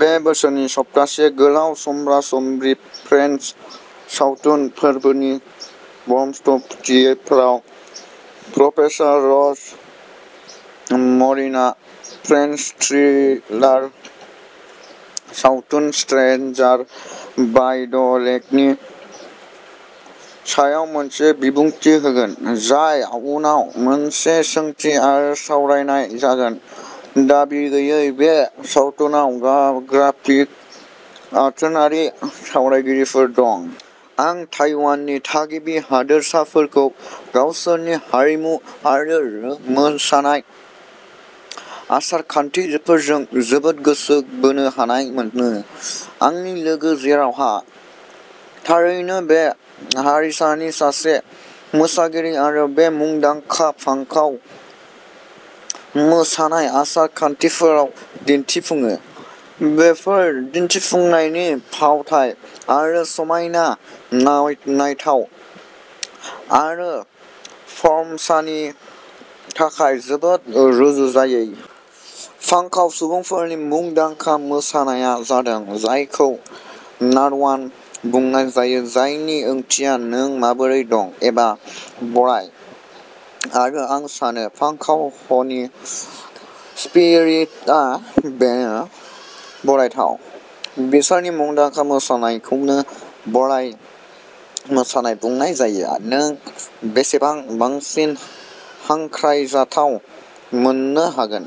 बे बोसोरनि सप्तासे गोलाव समब्रा-समब्रि फ्रेन्स सावथुन फोरबोनि बृहस्पतिबाराव, प्रफेसार रस मरिनआ फ्रेन्स थ्रिलार सावथुन, स्ट्रेन्जार बाय द लेकनि सायाव मोनसे बिबुंथि होगोन, जायनि उनाव मोनसे सोंथि आरो सावरायनाय जागोन। दाबि गैयैः बे सावथुनाव ग्राफिक आथोनारि सावगारिफोर दं। आं ताइवाननि थागिबि हारिसाफोरखौ गावसोरनि हारिमु आरो मोसानाय आसार-खान्थिफोरजों जोबोद गोसो बोनो हानाय मोनो। आंनि लोगो जेवारआ थारैनो बे हारिसानि सासे मोसागिरि आरो बे मुंदांखा पांकाउ मोसानाय आसार-खान्थिफोराव दिन्थिफुङो। बेफोर दिन्थिफुंनायनि फावथाइ आरो समायनाया नायथावना आरो फर्म'सानि थाखाय जोबोद रुजुजायै। पांकाउ सुबुंफोरनि मुंदांखा मोसानाया जादों जायखौ "नारुवान" बुंनाय जायो जायनि ओंथिया "नों माबोरै दं? " एबा "बराय"। आरो आं सानो पांकाहनि स्पिरिटआ बेनो, बरायथाव। बिसोरनि मुंदांखा मोसानायखौनो "बराय मोसानाय" बुंनाय जायो। नों बेसेबां बांसिन हांख्रायथाव मोन्नो हागोन?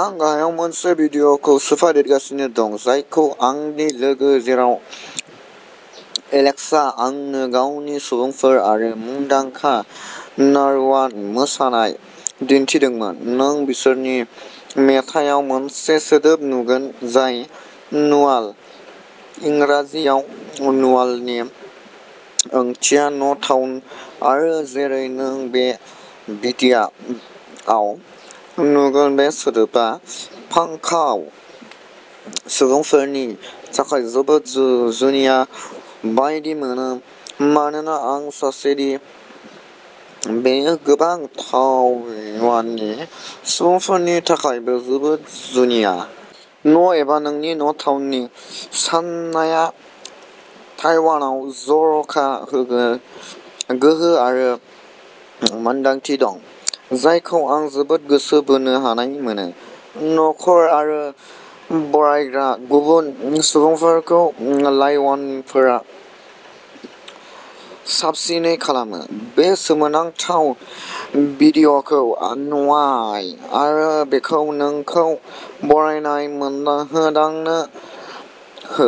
आं गाहायाव मोनसे भिडिअ'खौ सोफादेरगासिनो दं जायखौ आंनि लोगो जेवार एलेक्सआ आंनो गावनि सुबुंफोर आरो मुंदांखा "नारुवान मोसानाय" दिन्थिदोंमोन। नों बिसोरनि मेथाइयाव मोनसे सोदोब नुगोन जाय "नलुवान"। इंराजियाव नलुवाननि ओंथिया "न'टाउन" आरो जेरै नों बे भिडिअ'आव नुगोन बे सोदोबा पांकाह सुबुंफोरनि थाखाय जोबोद जुनिया बायदि मोनो मानोना आं सानोदि बेयो गोबां ताइवानी सुबुंफोरनि थाखायबो जोबोद जुनिया। "न'" एबा नोंनि "न'टाउन" नि साननाया ताइवानआव जर'खा गोहो आरो मोनदांथि दं जायखौ आं जोबोद गोसो बोनो हानाय मोनो। नखर आरो "बरायग्रा" गुबुन सुबुंफोरखौ ताइवानफोरा साबसिनै खालामो। बे सोमोनांथाव भिडिअ'खौ नाय आरो बेखौ नोंखौ "बरायजानाय" मोनदांहोनो हो।